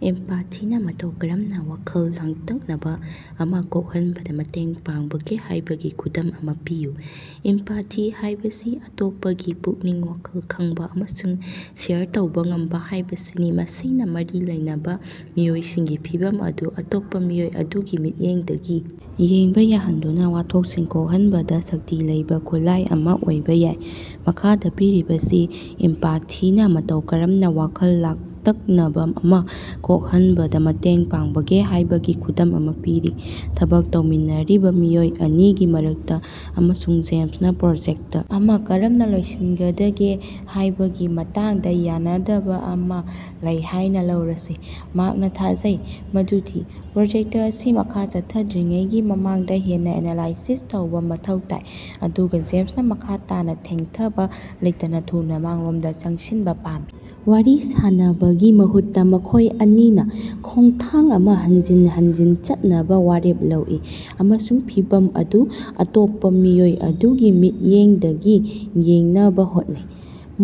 ꯏꯝꯄꯥꯊꯤꯅ ꯃꯇꯧ ꯀꯔꯝꯅ ꯋꯥꯈꯜ ꯂꯥꯡꯇꯛꯅꯕ ꯑꯃ ꯀꯣꯛꯍꯟꯕꯗ ꯃꯇꯦꯡ ꯄꯥꯡꯕꯒꯦ ꯍꯥꯏꯕꯒꯤ ꯈꯨꯗꯝ ꯑꯃ ꯄꯤꯌꯨ꯫ ꯏꯝꯄꯥꯊꯤ ꯍꯥꯏꯕꯁꯤ ꯑꯇꯣꯞꯄꯒꯤ ꯄꯨꯛꯅꯤꯡ-ꯋꯥꯈꯜ ꯈꯪꯕ ꯑꯃꯁꯨꯡ ꯁꯦꯌꯔ ꯇꯧꯕ ꯉꯝꯕ ꯍꯥꯏꯕꯁꯤꯅꯤ꯫ ꯃꯁꯤꯅ ꯃꯔꯤ ꯂꯩꯅꯕ ꯃꯤꯑꯣꯏꯁꯤꯡꯒꯤ ꯐꯤꯚꯝ ꯑꯗꯨ ꯑꯇꯣꯞꯄ ꯃꯤꯑꯣꯏ ꯑꯗꯨꯒꯤ ꯃꯤꯠꯌꯦꯡꯗꯒꯤ ꯌꯦꯡꯕ ꯌꯥꯍꯟꯗꯨꯅꯥ ꯋꯥꯊꯣꯛꯁꯤꯡ ꯀꯣꯛꯍꯟꯕꯗ ꯁꯛꯇꯤ ꯂꯩꯕ ꯈꯨꯠꯂꯥꯏ ꯑꯃ ꯑꯣꯏꯕ ꯌꯥꯏ꯫ ꯃꯈꯥꯗ ꯄꯤꯔꯤꯕꯁꯤ ꯏꯝꯄꯥꯊꯤꯅ ꯃꯇꯧ ꯀꯔꯝꯅ ꯋꯥꯈꯜ ꯂꯥꯡꯇꯛꯅꯕ ꯑꯃ ꯀꯣꯛꯍꯟꯕꯗ ꯃꯇꯦꯡ ꯄꯥꯡꯕꯒꯦ ꯍꯥꯏꯕꯒꯤ ꯈꯨꯗꯝ ꯑꯃ ꯄꯤꯔꯤ: ꯊꯕꯛ ꯇꯧꯃꯤꯟꯅꯔꯤꯕ ꯃꯤꯑꯣꯏ ꯑꯅꯤꯒꯤ ꯃꯔꯛꯇ ꯑꯃꯁꯨꯡ ꯖꯦꯝꯁꯅ ꯄ꯭ꯔꯣꯖꯦꯛꯇ ꯑꯃ ꯀꯔꯝꯅ ꯂꯣꯏꯁꯤꯟꯒꯗꯒꯦ ꯍꯥꯏꯕꯒꯤ ꯃꯇꯥꯡꯗ ꯌꯥꯅꯗꯕ ꯑꯃ ꯂꯩ ꯍꯥꯏꯅ ꯂꯧꯔꯁꯤ꯫ ꯃ꯭ꯥꯔꯛꯅ ꯊꯥꯖꯩ ꯃꯗꯨꯗꯤ ꯄ꯭ꯔꯣꯖꯦꯛꯇ ꯑꯁꯤ ꯃꯈꯥ ꯆꯠꯊꯗ꯭ꯔꯤꯉꯩꯒꯤ ꯃꯃꯥꯡꯗ ꯍꯦꯟꯅ ꯑꯦꯅꯂꯥꯏꯁꯤꯁ ꯇꯧꯕ ꯃꯊꯧ ꯇꯥꯏ, ꯑꯗꯨꯒ ꯖꯦꯝꯁꯅ ꯃꯈ ꯇꯥꯅ ꯊꯦꯡꯊꯕ ꯂꯩꯇꯅ ꯊꯨꯅ ꯃꯥꯡꯂꯣꯝꯗ ꯆꯪꯁꯤꯟꯕ ꯄꯥꯝꯃꯤ꯫ ꯋꯥꯔꯤ ꯁꯥꯟꯅꯕꯒꯤ ꯃꯍꯨꯠꯇ ꯃꯈꯣꯏ ꯑꯅꯤꯅ ꯈꯣꯡꯊꯥꯡ ꯑꯃ ꯍꯟꯖꯤꯟ ꯍꯟꯖꯤꯟ ꯆꯠꯅꯕ ꯋꯥꯔꯦꯞ ꯂꯧꯏ ꯑꯃꯁꯨꯡ ꯐꯤꯚꯝ ꯑꯗꯨ ꯑꯇꯣꯞꯄ ꯃꯤꯑꯣꯏ ꯑꯗꯨꯒꯤ ꯃꯤꯠꯌꯦꯡꯗꯒꯤ ꯌꯦꯡꯅꯕ ꯍꯣꯠꯅꯩ꯫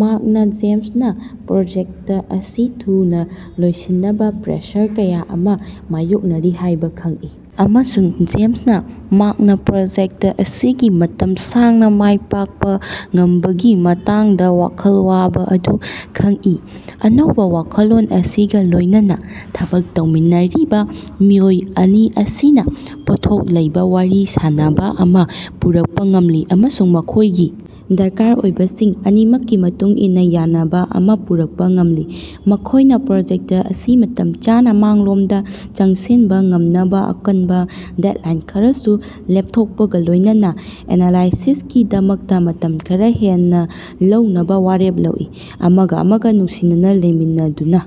ꯃ꯭ꯥꯔꯛꯅ ꯖꯦꯝꯁꯅ ꯄ꯭ꯔꯣꯖꯦꯛꯇ ꯑꯁꯤ ꯊꯨꯅ ꯂꯣꯏꯁꯤꯟꯅꯕ ꯄ꯭ꯔꯦꯁꯔ ꯀꯌꯥ ꯑꯃ ꯃꯥꯌꯣꯛꯅꯔꯤ ꯍꯥꯏꯕ ꯈꯪꯏ ꯑꯃꯁꯨꯡ ꯖꯦꯝꯁꯅ ꯃ꯭ꯥꯔꯛꯅ ꯄ꯭ꯔꯣꯖꯦꯛꯇ ꯑꯁꯤꯒꯤ ꯃꯇꯝ ꯁꯥꯡꯅ ꯃꯥꯏ ꯄꯥꯛꯄ ꯉꯝꯕꯒꯤ ꯃꯇꯥꯡꯗ ꯋꯥꯈꯜ ꯋꯥꯕ ꯑꯗꯨ ꯈꯪꯏ꯫ ꯑꯅꯧꯕ ꯋꯥꯈꯜꯂꯣꯟ ꯑꯁꯤꯒ ꯂꯣꯏꯅꯅ ꯊꯕꯛ ꯇꯧꯃꯤꯟꯅꯔꯤꯕ ꯃꯤꯑꯣꯏ ꯑꯅꯤ ꯑꯁꯤꯅ ꯄꯣꯠꯊꯣꯛ ꯂꯩꯕ ꯋꯥꯔꯤ ꯁꯥꯅꯕ ꯑꯃ ꯄꯨꯔꯛꯄ ꯉꯝꯂꯤ ꯑꯃꯁꯨꯡ ꯃꯈꯣꯏꯒꯤ ꯗꯔꯀꯥꯔ ꯑꯣꯏꯕꯁꯤꯡ ꯑꯅꯤꯃꯛꯀꯤ ꯃꯇꯨꯡ ꯏꯟꯅ ꯌꯥꯅꯕ ꯑꯃ ꯄꯨꯔꯛꯄ ꯉꯝꯂꯤ꯫ ꯃꯈꯣꯏꯅ ꯄ꯭ꯔꯣꯖꯦꯛꯇ ꯑꯁꯤ ꯃꯇꯝ ꯆꯥꯅ ꯃꯥꯡꯂꯣꯝꯗ ꯆꯪꯁꯤꯟꯕ ꯉꯝꯅꯕ ꯑꯀꯟꯕ ꯗꯦꯗꯂꯥꯏꯟ ꯈꯔꯁꯨ ꯂꯦꯞꯊꯣꯛꯄꯒ ꯂꯣꯏꯅꯅ ꯑꯦꯅꯂꯥꯏꯁꯤꯁꯀꯤꯗꯃꯛꯇ ꯃꯇꯝ ꯈꯔ ꯍꯦꯟꯅ ꯂꯧꯅꯕ ꯋꯥꯔꯦꯞ ꯂꯧꯏ꯫ ꯑꯃꯒ ꯑꯃꯒ ꯅꯨꯡꯁꯤꯅꯅ ꯂꯩꯃꯤꯟꯅꯗꯨꯅ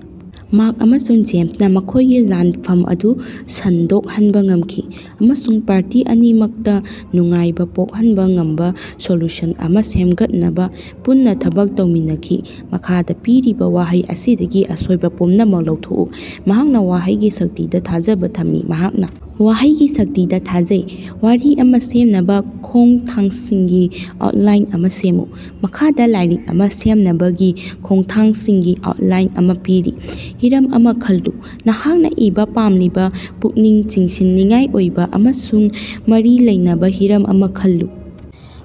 ꯃ꯭ꯥꯔꯛ ꯑꯃꯁꯨꯡ ꯖꯦꯝꯁꯅ ꯃꯈꯣꯏꯒꯤ ꯂꯥꯟꯐꯝ ꯑꯗꯨ ꯁꯟꯗꯣꯛꯍꯟꯕ ꯉꯝꯈꯤ ꯑꯃꯁꯨꯡ ꯄꯥꯔꯇꯤ ꯑꯅꯤꯃꯛꯇ ꯅꯨꯡꯉꯥꯏꯕ ꯄꯣꯛꯍꯟꯕ ꯉꯝꯕ ꯁꯣꯂꯨꯁꯟ ꯑꯃ ꯁꯦꯝꯒꯠꯅꯕ ꯄꯨꯟꯅ ꯊꯕꯛ ꯇꯧꯃꯤꯟꯅꯈꯤ꯫ ꯃꯈꯥꯗ ꯄꯤꯔꯤꯕ ꯋꯥꯍꯩ ꯑꯁꯤꯗꯒꯤ ꯑꯁꯣꯏꯕ ꯄꯨꯝꯅꯃꯛ ꯂꯧꯊꯣꯛꯎ꯫ "ꯃꯍꯥꯛꯅ ꯋꯥꯍꯩꯒꯤ ꯁꯛꯇꯤꯗ ꯊꯥꯖꯕ ꯊꯝꯃꯤ"꯫ ꯃꯍꯥꯛꯅ ꯋꯥꯍꯩꯒꯤ ꯁꯛꯇꯤꯗ ꯊꯥꯖꯩ꯫ ꯋꯥꯔꯤ ꯑꯃ ꯁꯦꯝꯅꯕ ꯈꯣꯡꯊꯥꯡꯁꯤꯡꯒꯤ ꯑꯥꯎꯇꯂꯥꯏꯟ ꯑꯃ ꯁꯦꯝꯃꯨ꯫ ꯃꯈꯥꯗ ꯂꯥꯏꯔꯤꯛ ꯑꯃ ꯁꯦꯝꯅꯕꯒꯤ ꯈꯣꯡꯊꯥꯡꯁꯤꯡꯒꯤ ꯑꯥꯎꯇꯂꯥꯏꯟ ꯑꯃ ꯄꯤꯔꯤ ꯍꯤꯔꯝ ꯑꯃ ꯈꯜꯂꯨ ꯅꯍꯥꯛꯅ ꯏꯕ ꯄꯥꯝꯂꯤꯕ ꯄꯨꯛꯅꯤꯡ ꯆꯤꯡꯁꯤꯟꯅꯤꯡꯉꯥꯏ ꯑꯣꯏꯕ ꯑꯃꯁꯨꯡ ꯃꯔꯤ ꯂꯩꯅꯕ ꯍꯤꯔꯝ ꯑꯃ ꯈꯜꯂꯨ꯫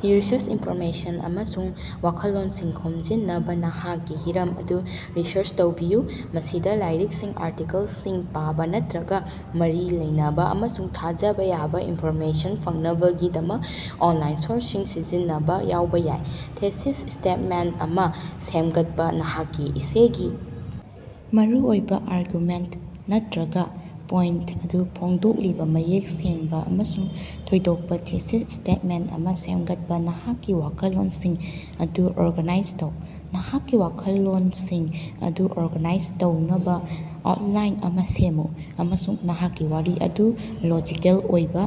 ꯔꯤꯁꯔꯆ: ꯏꯟꯐꯣꯔꯃꯦꯁꯟ ꯑꯃꯁꯨꯡ ꯋꯥꯈꯜꯂꯣꯟꯁꯤꯡ ꯈꯣꯝꯖꯤꯟꯅꯕ ꯅꯍꯥꯛꯀꯤ ꯍꯤꯔꯝ ꯑꯗꯨ ꯔꯤꯁꯔꯆ ꯇꯧꯕꯤꯌꯨ꯫ ꯃꯁꯤꯗ ꯂꯥꯏꯔꯤꯛꯁꯤꯡ, ꯑꯥꯔꯇꯤꯀꯜꯁꯤꯡ ꯄꯥꯕ ꯅꯠꯇ꯭ꯔꯒ ꯃꯔꯤ ꯂꯩꯅꯕ ꯑꯃꯁꯨꯡ ꯊꯥꯖꯕ ꯌꯥꯕ ꯏꯟꯐꯣꯔꯃꯦꯁꯟ ꯐꯪꯅꯕꯒꯤꯗꯃꯛ ꯑꯣꯟꯂꯥꯏꯟ ꯁꯣꯔꯁꯁꯤꯡ ꯁꯤꯖꯤꯟꯅꯕ ꯌꯥꯎꯕ ꯌꯥꯏ꯫ ꯊꯤꯁꯤꯁ ꯁ꯭ꯇꯦꯠꯃꯦꯟꯠ ꯑꯃ ꯁꯦꯝꯒꯠꯄ: ꯅꯍꯥꯛꯀꯤ ꯏꯁꯦꯒꯤ ꯃꯔꯨꯑꯣꯏꯕꯥ ꯑꯥꯔꯒꯨꯃꯦꯟꯠ ꯅꯠꯇꯔꯒ ꯄꯣꯏꯟꯇ ꯑꯗꯨ ꯐꯣꯡꯗꯣꯛꯂꯤꯕ ꯃꯌꯦꯛ ꯁꯦꯡꯕ ꯑꯃꯁꯨꯡ ꯊꯣꯏꯗꯣꯛꯄ ꯊꯤꯁꯤꯁ ꯁ꯭ꯇꯦꯠꯃꯦꯟꯠ ꯑꯃ ꯁꯦꯝꯒꯠꯄ꯫ ꯅꯍꯥꯛꯀꯤ ꯋꯥꯈꯜꯂꯣꯟꯁꯤꯡ ꯑꯗꯨ ꯑꯣꯔꯒꯅꯥꯏꯖ ꯇꯧ ꯅꯍꯥꯛꯀꯤ ꯋꯥꯈꯜꯂꯣꯟꯁꯤꯡ ꯑꯗꯨ ꯑꯣꯔꯒꯅꯥꯏꯖ ꯇꯧꯅꯕ ꯑꯥꯎꯇꯂꯥꯏꯟ ꯑꯃ ꯁꯦꯝꯃꯨ ꯑꯃꯁꯨꯡ ꯅꯍꯥꯛꯀꯤ ꯋꯥꯔꯤ ꯑꯗꯨ ꯂꯣꯖꯤꯀꯦꯜ ꯑꯣꯏꯕ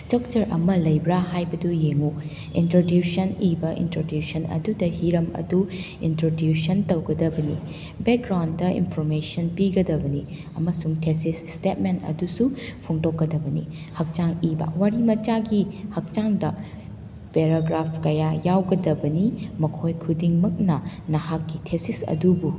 ꯁ꯭ꯇꯔꯛꯆꯔ ꯑꯃ ꯂꯩꯕ꯭ꯔꯥ ꯍꯥꯏꯕꯗꯨ ꯌꯦꯡꯎ꯫ ꯏꯅꯇ꯭ꯔꯣꯗ꯭ꯌꯨꯁꯟ ꯏꯕ ꯏꯅꯇ꯭ꯔꯣꯗ꯭ꯌꯨꯁꯟ ꯑꯗꯨꯗ ꯍꯤꯔꯝ ꯑꯗꯨ ꯏꯅꯇ꯭ꯔꯣꯗ꯭ꯌꯨꯁꯟ ꯇꯧꯒꯗꯕꯅꯤ, ꯕꯦꯛꯒ꯭ꯔꯥꯎꯟꯗ ꯏꯟꯐꯣꯔꯃꯦꯁꯟ ꯄꯤꯒꯗꯕꯅꯤ ꯑꯃꯁꯨꯡ ꯊꯤꯁꯤꯁ ꯁ꯭ꯇꯦꯠꯃꯦꯟꯠ ꯑꯗꯨꯁꯨ ꯐꯣꯡꯗꯣꯛꯀꯗꯕꯅꯤ꯫ ꯍꯛꯆꯥꯡ ꯏꯕ: ꯋꯥꯔꯤꯃꯆꯥꯒꯤ ꯍꯛꯆꯥꯡꯗ ꯄꯦꯔꯥꯒ꯭ꯔꯥꯐ ꯀꯌꯥ ꯌꯥꯎꯒꯗꯕꯅꯤ, ꯃꯈꯣꯏ ꯈꯨꯗꯤꯡꯃꯛꯅ ꯅꯍꯥꯛꯀꯤ ꯊꯤꯁꯤꯁ ꯑꯗꯨꯕꯨ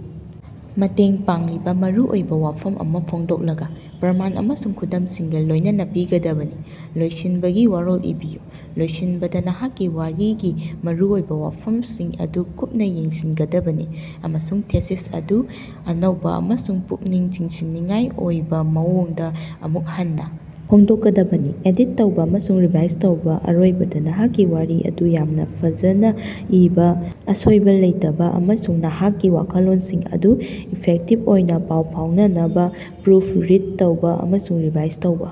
ꯃꯇꯦꯡ ꯄꯥꯡꯂꯤꯕ ꯃꯔꯨꯑꯣꯏꯕ ꯋꯥꯐꯝ ꯑꯃ ꯐꯣꯡꯗꯣꯛꯂꯒ, ꯄ꯭ꯔꯃꯥꯟ ꯑꯃꯁꯨꯡ ꯈꯨꯗꯝꯁꯤꯡꯒ ꯂꯣꯏꯅꯅ ꯄꯤꯒꯗꯕꯅꯤ꯫ ꯂꯣꯏꯁꯤꯟꯕꯒꯤ ꯋꯥꯔꯣꯜ ꯏꯕꯤꯌꯨ: ꯂꯣꯏꯁꯤꯟꯕꯗ ꯅꯍꯥꯛꯀꯤ ꯋꯥꯔꯤꯒꯤ ꯃꯔꯨꯑꯣꯏꯕ ꯋꯥꯐꯝꯁꯤꯡ ꯑꯗꯨ ꯀꯨꯞꯅ ꯌꯦꯡꯁꯤꯟꯒꯗꯕꯅꯤ ꯑꯃꯁꯨꯡ ꯊꯤꯁꯤꯁ ꯑꯗꯨ ꯑꯅꯧꯕ ꯑꯃꯁꯨꯡ ꯄꯨꯛꯅꯤꯡ ꯆꯤꯡꯁꯤꯟꯅꯤꯡꯉꯥꯏ ꯑꯣꯏꯕ ꯃꯑꯣꯡꯗ ꯑꯃꯨꯛ ꯍꯟꯅ ꯐꯣꯡꯗꯣꯛꯀꯗꯕꯅꯤ꯫ ꯑꯦꯗꯤꯠ ꯇꯧꯕ ꯑꯃꯁꯨꯡ ꯔꯤꯚꯥꯏꯁ ꯇꯧꯕ: ꯑꯔꯣꯏꯕꯗ, ꯅꯍꯥꯛꯀꯤ ꯋꯥꯔꯤ ꯑꯗꯨ ꯌꯥꯝꯅ ꯐꯖꯅ ꯏꯕ, ꯑꯁꯣꯏꯕ ꯂꯩꯇꯕ ꯑꯃꯁꯨꯡ ꯅꯍꯥꯛꯀꯤ ꯋꯥꯈꯜꯂꯣꯟꯁꯤꯡ ꯑꯗꯨ ꯏꯐꯦꯛꯇꯤꯚ ꯑꯣꯏꯅ ꯄꯥꯎ ꯐꯥꯎꯅꯅꯕ ꯄ꯭ꯔꯨꯐ ꯔꯤꯗ ꯇꯧꯕ ꯑꯃꯁꯨꯡ ꯔꯤꯚꯥꯏꯁ ꯇꯧꯕ꯫